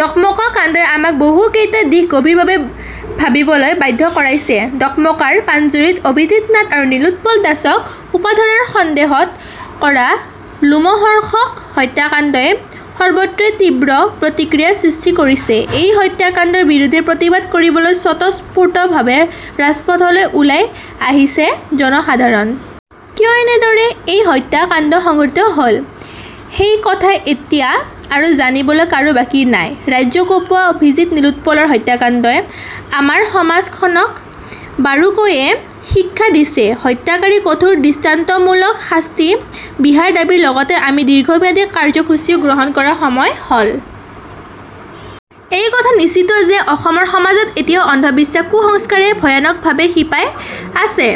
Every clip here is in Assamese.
ডকমকা কাণ্ডই আমাক বহু কেইটা দিশ গভীৰভাৱে ভাবিবলৈ বাধ্য কৰাইছে। ডকমকাৰ পাণজুৰিত অভিজিত্ নাথ আৰু নীলোৎপল দাসক সোপাধৰাৰ সন্দেহত কৰা লোমহৰ্ষক হত্যাকাণ্ডই সৰ্বত্ৰে তীব্ৰ প্ৰতিক্ৰিয়াৰ সৃষ্টি কৰিছে। এই হত্যাকাণ্ডৰ বিৰুদ্ধে প্ৰতিবাদ কৰিবলৈ স্বতঃস্ফূৰ্তভাৱে ৰাজপথলৈ ওলাই আহিছে জনসাধাৰণ। কিয় কেনেদৰে এই হত্যা কাণ্ড সংঘটিত হল? সেই কথা এতিয়া আৰু জানিবলৈ কাৰো বাকী নাই। ৰাজ্য কঁপোৱা অভিজিত নীলোৎপলৰ হত্যাকাণ্ডই আমাৰ সমাজখনক বাৰুকৈয়ে শিক্ষা দিছে। হত্যাকাৰীক কঠোৰ দৃষ্টান্তমূলক শাস্তি বিহাৰ দাবীৰ লগতে আমি দীৰ্ঘম্যাদী কাৰ্য্যসূচীও গ্ৰহণ কৰাৰ সময় হল। এই কথা নিশ্চিত যে অসমৰ সমাজত এতিয়াও অন্ধবিশ্বাস কুসংস্কাৰে ভয়ানকভাৱে শিপাই আছে।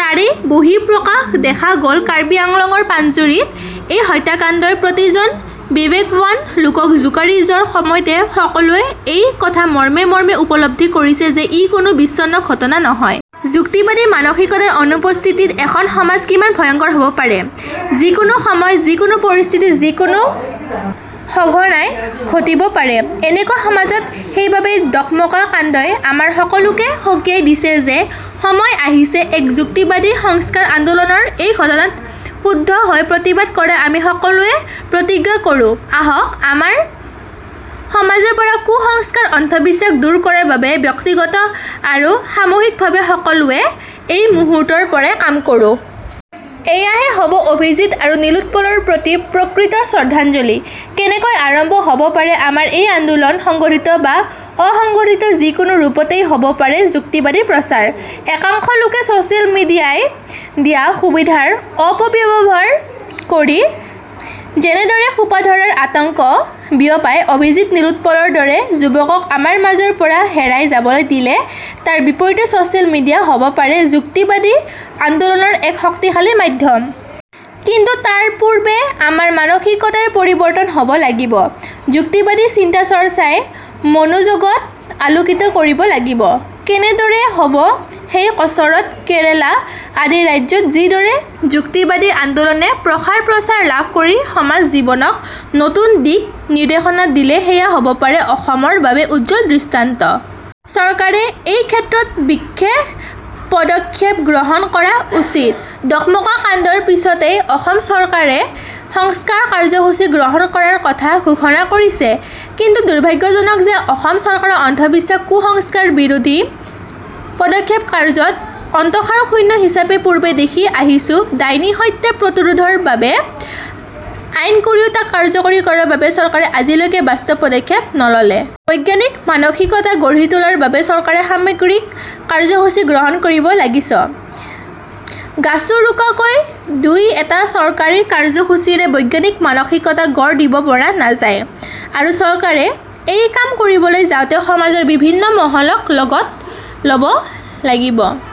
তাৰেই বহিঃপ্ৰকাশ দেখা গল কাৰ্বি আংলঙৰ পাণজুৰিত এই হত্যাকাণ্ডই প্ৰতিজন বিবেকৱান লোকক জোকাৰি যোৱাৰ সময়তে সকলোৱে এই কথা মৰ্মে মৰ্মে উপলব্ধি কৰিছে যে ই কোনো বিচ্ছিন্ন ঘটনা নহয়। যুক্তিবাদী মানসিকতাৰ অনুপস্থিতিত এখন সমাজ কিমান ভয়ংকৰ হব পাৰে? যিকোনো সময়ত যিকোনো পৰিস্থিতিত যিকোনো ঘটনাই ঘটিব পাৰে। এনেকুৱা সমাজত সেইবাবেই ডকমকা কাণ্ডই আমাৰ সকলোকে সকীয়াই দিছে যে সময় আহিছে এক যুক্তিবাদী সংস্কাৰ আন্দোলনৰএই ঘটনাত ক্ষুব্ধ হৈ প্ৰতিবাদ কৰা আমি সকলোৱে প্ৰতিজ্ঞা কৰোঁ আহক আমাৰ সমাজৰ পৰা কুসংস্কাৰ অন্ধবিশ্বাস দূৰ কৰাৰ বাবে ব্যক্তিগত আৰু সামূহিকভাৱে সকলোৱে এই মুহূৰ্তৰ পৰাই কাম কৰো। এয়াহে হব অভিজিত্ আৰু নীলোৎপলৰ প্ৰতি প্ৰকৃত শ্ৰদ্ধাঞ্জলি। কেনেকৈ আৰম্ভ হব পাৰে আমাৰ এই আন্দোলন সংগঠিত বা অসংগঠিত যিকোনো ৰূপতেই হব পাৰে যুক্তিবাদী প্ৰচাৰ। একাংশ লোকে ছচিয়েল মিডিয়াই দিয়া সুবিধাৰ অপব্যৱহাৰ কৰি যেনেদৰে সোপাধৰাৰ আতংক বিয়পাই অভিজিত, নীলোৎপলৰ দৰে যুৱকক আমাৰ মাজৰ পৰা হেৰাই যাবলৈ দিলে তাৰ বিপৰীতে ছচিয়েল মিডিয়া হব পাৰে যুক্তিবাদী আন্দোলনৰ এক শক্তিশালী মাধ্যম। কিন্তু তাৰপূৰ্বে আমাৰ মানসিকতাৰ পৰিৱৰ্তন হব লাগিব। যুক্তিবাদী চিন্তাচৰ্চাই মনোজগত আলোকিত কৰিব লাগিব। কেনেদৰে হব সেই কচৰৎ, কেৰালা আদি ৰাজ্যত যিদৰে যুক্তিবাদী আন্দোলনে প্ৰসাৰপ্ৰচাৰ লাভ কৰি সমাজ জীৱনক নতুন দিক নিৰ্দেশনা দিলে সেয়া হব পাৰে অসমৰ বাবে উজ্জ্বল দৃষ্টান্ত। চৰকাৰে এই ক্ষেত্ৰত বিশেষ পদক্ষেপ গ্ৰহণ কৰা উচিত। ডকমকা কাণ্ডৰ পিছতেই অসম চৰকাৰে সংস্কাৰ কাৰ্যসূচী গ্ৰহণ কৰাৰ কথা ঘোষণা কৰিছে। কিন্তু দুৰ্ভাগ্যজনক যে অসম চৰকাৰৰ অন্ধবিশ্বাস কুসংস্কাৰ বিৰোধী পদক্ষেপ কাৰ্যতঃ অন্তসাৰশূন্য হিচাপে পূৰ্বে দেখি আহিছো ডাইনী হত্যা প্ৰতিৰোধৰ বাবে আইন কৰিও তাক কাৰ্যকৰী কৰাৰ বাবে চৰকাৰে আজিলৈকে বাস্তৱ পদক্ষেপ নললে। বৈজ্ঞানিক মানসিকতা গঢ়ি তোলাৰ বাবে চৰকাৰে সামগ্ৰিক কাৰ্যসূচী গ্ৰহণ কৰিব লাগেছ। গাচোৰোকাকৈ দুই এটা চৰকাৰী কাৰ্যসূচীৰে বৈজ্ঞানিক মানসিকতা গঢ় দিব পৰা নাযায়। আৰু চৰকাৰে এই কাম কৰিবলৈ যাওঁতে সমাজৰ বিভিন্ন মহলক লগত লব লাগিব।